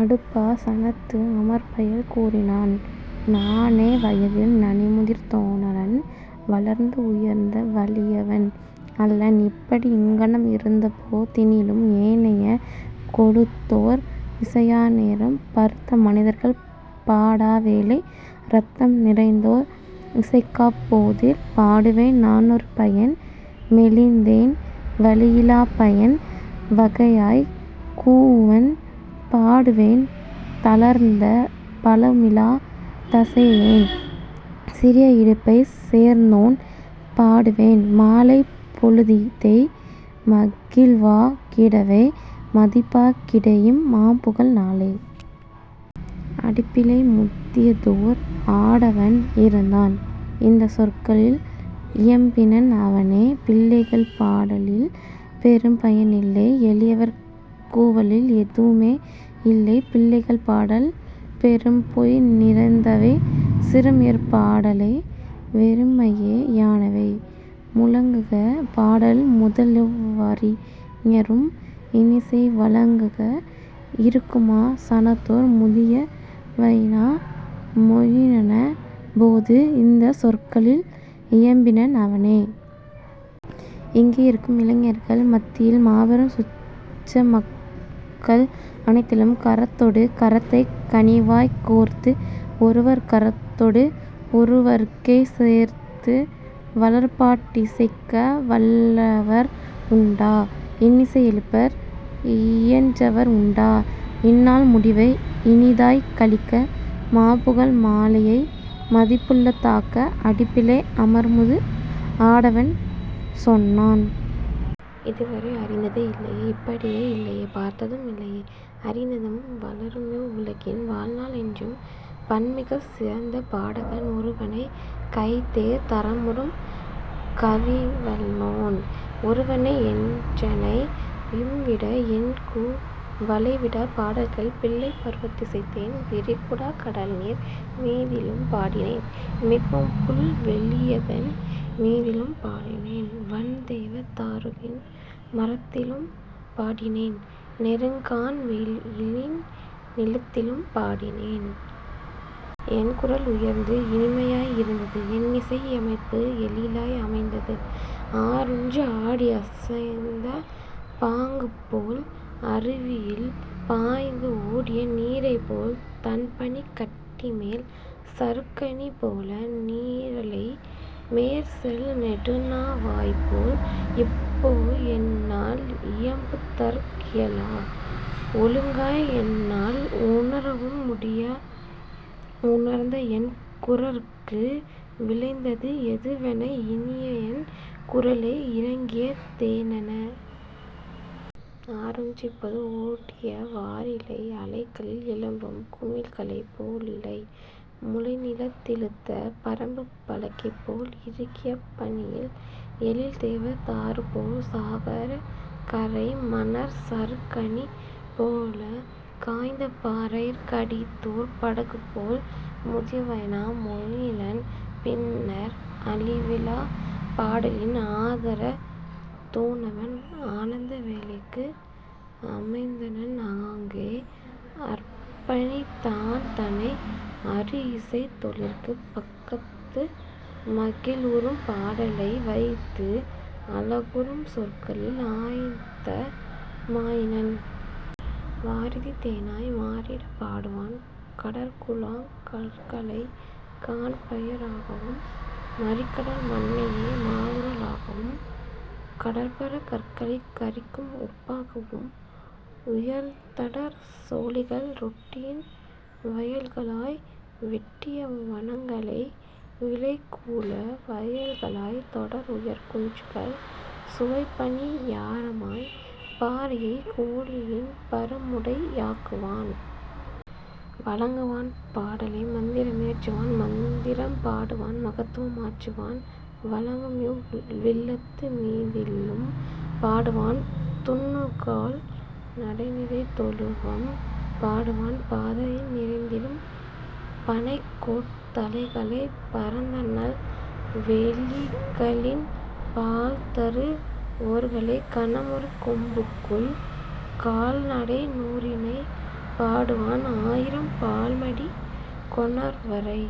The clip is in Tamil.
அடுப்பா சனத்து அமர்பயல் கூறினான். நானே வயதில் நனிமுதிர்ந் தோனலன் வளர்ந்து உயர்ந்த வலியவன் அல்லன். இப்படி இங்ஙனம் இருந்தபோ தினிலும் ஏனைய கொழுத்தோர் இசையா நேரம் பருத்த மனிதர்கள் பாடா வேளை இரத்தம் நிறைந்தோர் இசைக்காப் போதில் பாடுவேன் நானொரு பையன் மெலிந்தேன் வலியிலாப் பையன் வகையாய்க் கூவுவன் பாடுவேன் தளர்ந்த பலமிலாத் தசையோன் சிறிய இடுப்பைச் சேர்ந்தோன் பாடுவேன் மாலைப் பொழுதிதை மகிழ்வாக் கிடவே மதிப்பாக் கிடஇம் மாபுகழ் நாளை. அடுப்பிலே முதியதோர் ஆடவன் இருந்தான். இந்தச் சொற்களில் இயம்பினன் அவனே. பிள்ளைகள் பாடலில் பெறுபயன் இல்லை எளியவர் கூவலில் எதுவுமே யில்லை பிள்ளைகள் பாடல் பெரும்பொய் நிறைந்தவை சிறுமியர் பாடலே வெறுமையே யானவை. முழங்குக பாடல் முதல்எவ் வறிஞரும் இன்னிசை வழங்குக இருக்குமா சனத்தோர். முதிய வைனா மொயினனப் போது இந்தச் சொற்களில் இயம்பினன் அவனே. இங்கே இருக்கும் இளைஞர்கள் மத்தியில் மாபெரும் சுற்ற மக்கள் அனைத்திலும் கரத்தொடு கரத்தைக் கனிவாய்க் கோர்த்து ஒருவர் கரத்தொடு ஒருவர்கை சேர்த்து வளர்பாட் டிசைக்க வல்லவர் உண்டா. இன்னிசை எழுப்ப இயன்றவர் உண்டா. இந்நாள் முடிவை இனிதாய்க் கழிக்க மாபுகழ் மாலையை மதிப்புள தாக்க. அடுப்பிலே அமர்முது ஆடவன் சொன்னான். இதுவரை அறிந்ததே இல்லைஇப் படியே இல்லையே பார்த்ததும் இல்லையே அறிந்ததும் வளருமிவ் வுலகின் வாழ்நாள் என்றும் பண்மிகச் சிறந்த பாடகன் ஒருவனை கைதேர் தரமுறும் கவிவலோன் ஒருவனை என்றனை யும்விட என்கூ வலைவிட பாடல்கள் பிள்ளைப் பருவத் திசைத்தேன் விரிகுடாக் கடல்நீர் மீதிலும் பாடினேன் மிகுபுல் வெளியதன் மீதிலும் பாடினேன் வண்தேவ தாருவின் மரத்திலும் பாடினேன் நெடுங்கான் வெளியின் நிலத்திலும் பாடினேன். என்குரல் உயர்ந்து இனிமையாய் இருந்தது என்னிசை யமைப்பு எழிலாய் அமைந்தது ஆறொன்று ஆடி அசைந்த பாங்குபோல் அருவியில் பாய்ந்து ஓடிய நீரைப்போல் தண்பனிக் கட்டிமேல் சறுக்கணி போல நீரலை மேற்செல் நெடுநா வாய்போல். இப்போ என்னால் இயம்புதற் கியலா ஒழுங்காய் என்னால் உணரவும் முடியா உயர்ந்தஎன் குரற்கு விளைந்தது எதுவென இனியஎன் குரலோ இறங்கிய தேனென. ஆறொன்று இப்போது ஓடிய வாறிலை அலைகளில் எழும்பும் குமிழ்களைப் போலிலை முளைநிலத் திழுத்த பரம்புப் பலகைபோல் இறுகிய பனியில் எழில்தேவ தாருபோல் சாகரக் கரைமணற் சறுக்கணி போல காய்ந்த பாறையிற் கடிதூர் படகுபோல். முதிய வைனா மொயினன் பின்னர் அழிவிலாப் பாடலின் ஆதரத் தூணவன் ஆனந்த வேலைக்கு அமைந்தனன் ஆங்கே அர்ப்பணித் தான்தனை அருஇசைத் தொழிற்கு பக்கத்து மகிழ்வுறும் பாடலை வைத்து அழகுறும் சொற்களில் ஆயத்த மாயினன். வாரிதி தேனாய் மாறிடப் பாடுவான் கடற்குழாங் கற்களை காண் பய றாகவும் மறிகடல் மண்ணையே மாவூற லாகவும் கடற்பரற் கற்களைக் கரிக்கும்உப் பாகவும் உயர்ந்தடர் சோலைகள் ரொட்டியின் வயல்களாய் வெட்டிய வனங்களை விளைகூல வயல்களாய் தொடர்உயர் குன்றுகள் சுவைப்பணி யாரமாய் பாறையைக் கோழியின் பருமுடை யாக்குவான். வழங்குவான் பாடலை மந்திர மியற்றுவான் மந்திரம் பாடுவான் மகத்துவம் ஆற்றுவான் வழங்குமிவ் வில்லத்து மீதிலும் பாடுவான் துன்னுகால் நடைநிறை தொழுவம் பாடுவான் பாதையில் நிறைந்திடும் பணைக்கோட் தலைகளை பரந்தநல் வெளிகளின் பால்தரு வோர்களை கனமுறு கொம்புகொள் கால்நடை நூறினை பாடுவான் ஆயிரம் பால்மடி கொணர்வரை.